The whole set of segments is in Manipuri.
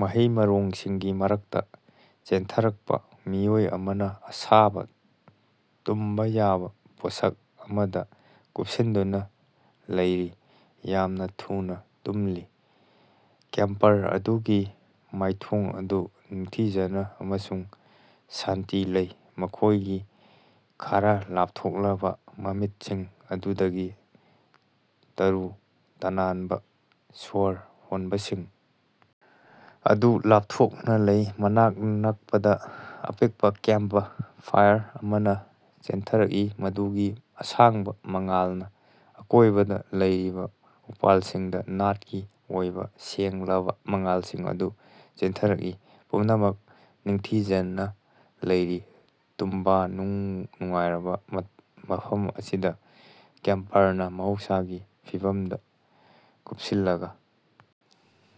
ꯃꯍꯩ ꯃꯔꯣꯡꯁꯤꯡꯒꯤ ꯃꯔꯛꯇꯥ ꯆꯦꯟꯊꯔꯛꯄꯥ ꯃꯤꯑꯣꯏ ꯑꯃꯅꯥ ꯑꯁꯥꯕꯥ ꯇꯨꯝꯕꯥ ꯌꯥꯕꯥ ꯄꯣꯠꯁꯛ ꯑꯃꯗꯥ ꯀꯨꯞꯁꯤꯟꯗꯨꯅꯥ ꯂꯩꯔꯤ, ꯌꯥꯝꯅꯥ ꯊꯨꯅꯥ ꯇꯨꯝꯂꯤ꯫ ꯀꯦꯝꯄꯔ ꯑꯗꯨꯒꯤ ꯃꯥꯏꯊꯣꯡ ꯑꯗꯨ ꯅꯤꯡꯊꯤꯖꯅꯥ ꯑꯃꯁꯨꯡ ꯁꯥꯟꯇꯤ ꯂꯩ, ꯃꯈꯣꯏꯒꯤ ꯈꯔꯥ ꯂꯥꯞꯊꯣꯛꯂꯕꯥ ꯃꯃꯤꯠꯁꯤꯡ ꯑꯗꯨꯗꯒꯤ ꯇꯔꯨ ꯇꯅꯥꯟꯕꯥ ꯁ꯭ꯋꯔ ꯍꯣꯟꯕꯁꯤꯡ ꯑꯗꯨ ꯂꯥꯞꯊꯣꯛꯅꯥ ꯂꯩ꯫ ꯃꯅꯥꯛ ꯅꯛꯄꯗꯥ ꯑꯄꯤꯛꯄꯥ ꯀꯦꯝꯄ ꯐꯥꯏꯔ ꯑꯃꯅꯥ ꯆꯦꯟꯊꯔꯛꯏ, ꯃꯗꯨꯒꯤ ꯑꯁꯥꯡꯕꯥ ꯃꯉꯥꯜꯅꯥ ꯑꯀꯣꯏꯕꯗꯥ ꯂꯩꯔꯤꯕꯥ ꯎꯄꯥꯜꯁꯤꯡꯗꯥ ꯅꯥꯠꯀꯤ ꯑꯣꯏꯕꯥ ꯁꯦꯡꯂꯕꯥ ꯃꯉꯥꯜꯁꯤꯡ ꯑꯗꯨ ꯆꯦꯟꯊꯔꯛꯏ꯫ ꯄꯨꯝꯅꯃꯛ ꯅꯤꯡꯊꯤꯖꯅꯥ ꯂꯩꯔꯤ ꯇꯨꯝꯕꯥ ꯅꯨꯡꯉꯥꯏꯔꯕꯥ ꯃꯐꯝ ꯑꯁꯤꯗꯥ, ꯀꯦꯝꯄꯔꯅꯥ ꯃꯍꯧꯁꯥꯒꯤ ꯐꯤꯚꯝꯗꯥ ꯀꯨꯞꯁꯤꯜꯂꯒꯥ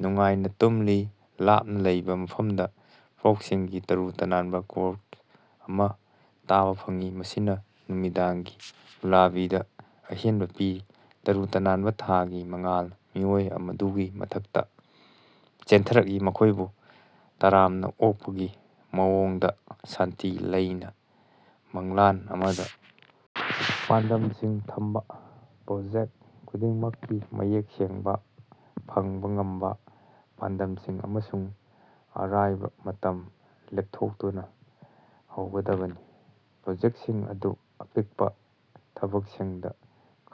ꯅꯨꯡꯉꯥꯏꯅ ꯇꯨꯝꯂꯤ꯫ ꯂꯥꯞꯅꯥ ꯂꯩꯕꯥ ꯃꯐꯝꯗꯥ ꯐ꯭ꯔꯣꯛꯁꯤꯡꯒꯤ ꯇꯔꯨ ꯇꯅꯥꯟꯕꯥ ꯀꯣꯔ ꯑꯃꯥ ꯇꯥꯕꯥ ꯐꯪꯏ, ꯃꯁꯤꯅꯥ ꯅꯨꯃꯤꯗꯥꯡꯒꯤ ꯂꯨꯂꯥꯕꯤꯗꯥ ꯑꯍꯦꯟꯕꯥ ꯄꯤꯔꯤ꯫ ꯇꯔꯨ ꯇꯅꯥꯟꯕꯥ ꯊꯥꯒꯤ ꯃꯉꯥꯜ ꯃꯤꯑꯣꯏ ꯑꯗꯨꯒꯤ ꯃꯊꯛꯇꯥ ꯆꯦꯟꯊꯔꯛꯏ, ꯃꯈꯣꯏꯕꯨ ꯇꯔꯥꯝꯅꯥ ꯑꯣꯛꯄꯒꯤ ꯃꯑꯣꯡꯗꯥ ꯁꯥꯟꯇꯤ ꯂꯩꯅꯥ ꯃꯪꯂꯥꯟ ꯑꯃꯗꯥ ꯄꯥꯟꯗꯝꯝꯁꯤꯡ ꯊꯝꯕꯥ: ꯄ꯭ꯔꯣꯖꯦꯛꯇ ꯈꯨꯗꯤꯡꯃꯛꯀꯤ ꯃꯌꯦꯛ ꯁꯦꯡꯕꯥ, ꯐꯪꯕꯥ ꯉꯝꯕꯥ ꯄꯥꯟꯗꯝꯁꯤꯡ ꯑꯃꯁꯨꯡ ꯑꯔꯥꯏꯕꯥ ꯃꯇꯝ ꯂꯦꯞꯊꯣꯛꯇꯨꯅꯥ ꯍꯧꯒꯗꯕꯅꯤ꯫ ꯄ꯭ꯔꯣꯖꯦꯛꯁꯤꯡ ꯑꯗꯨ ꯑꯄꯤꯛꯄꯥ ꯊꯕꯛꯁꯤꯡꯗꯥ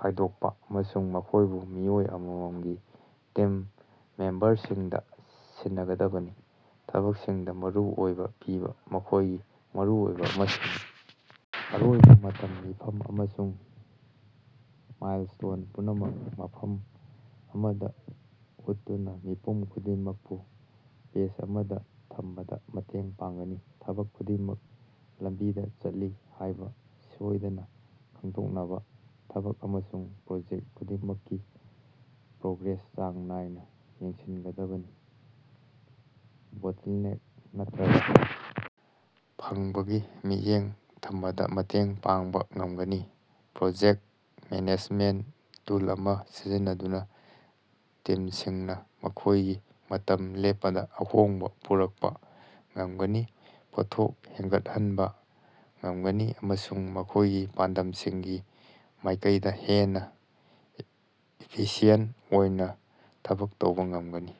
ꯈꯥꯏꯗꯣꯛꯄꯥ ꯑꯃꯁꯨꯡ ꯃꯈꯣꯏꯕꯨ ꯃꯤꯑꯣꯏ ꯑꯃꯃꯝꯒꯤ ꯇꯤꯝ ꯃꯦꯝꯕꯔꯁꯤꯡꯗꯥ ꯁꯤꯟꯅꯒꯗꯕꯅꯤ꯫ ꯊꯕꯛꯁꯤꯡꯗꯥ ꯃꯔꯨ ꯑꯣꯏꯕꯥ ꯄꯤꯕꯥ: ꯃꯈꯣꯏꯒꯤ ꯃꯔꯨꯑꯣꯏꯕꯥ ꯑꯃꯁꯨꯡ ꯑꯔꯣꯏꯕꯥ ꯃꯇꯝ, ꯃꯤꯐꯝ ꯑꯃꯁꯨꯡ ꯃꯥꯏꯜꯁ꯭ꯇꯣꯟ ꯄꯨꯝꯅꯃꯛ ꯃꯐꯝ ꯑꯃꯗꯥ ꯎꯠꯇꯨꯅꯥ ꯃꯤꯄꯨꯝ ꯈꯨꯗꯤꯡꯃꯛꯄꯨ ꯄꯦꯖ ꯑꯃꯗꯥ ꯊꯝꯕꯗꯥ ꯃꯇꯦꯡ ꯄꯥꯡꯒꯅꯤ꯫ ꯊꯕꯛ ꯈꯨꯗꯤꯡꯃꯛ ꯂꯝꯕꯤꯗꯥ ꯆꯠꯂꯤ ꯍꯥꯏꯕꯥ ꯁꯣꯏꯗꯅꯥ ꯈꯪꯗꯣꯛꯅꯕꯥ ꯊꯕꯛ ꯑꯃꯁꯨꯡ ꯄ꯭ꯔꯣꯖꯦꯛ ꯈꯨꯗꯤꯡꯃꯛꯀꯤ ꯄ꯭ꯔꯣꯒ꯭ꯔꯦꯁ ꯆꯥꯡ ꯅꯥꯏꯅꯥ ꯌꯦꯡꯁꯤꯟꯒꯗꯕꯅꯤ꯫ ꯕꯣꯇꯜꯅꯦꯛ ꯅꯠꯇ꯭ꯔꯒꯥ ꯐꯪꯕꯒꯤ ꯃꯤꯠꯌꯦꯡ ꯊꯝꯕꯗꯥ ꯃꯇꯦꯡ ꯄꯥꯡꯕꯥ ꯉꯝꯒꯅꯤ꯫ ꯄ꯭ꯔꯣꯖꯦꯛꯇ ꯃꯦꯅꯦꯖꯃꯦꯟꯇ ꯇꯨꯜ ꯑꯃꯥ ꯁꯤꯖꯤꯟꯅꯗꯨꯅꯥ ꯇꯤꯝꯁꯤꯡꯅꯥ ꯃꯈꯣꯏꯒꯤ ꯃꯇꯝ ꯂꯦꯞꯄꯗꯥ ꯑꯍꯣꯡꯕꯥ ꯄꯨꯔꯛꯄꯥ ꯉꯝꯒꯅꯤ, ꯄꯣꯠꯊꯣꯛ ꯍꯦꯟꯒꯠꯍꯟꯕꯥ ꯉꯝꯒꯅꯤ ꯑꯃꯁꯨꯡ ꯃꯈꯣꯏꯒꯤ ꯄꯥꯟꯗꯝꯁꯤꯡꯒꯤ ꯃꯥꯏꯀꯩꯗꯥ ꯍꯦꯟꯅꯥ ꯏꯐꯤꯁꯤꯌꯦꯟ ꯑꯣꯏꯅꯥ ꯊꯕꯛ ꯇꯧꯕꯥ ꯉꯝꯒꯅꯤ꯫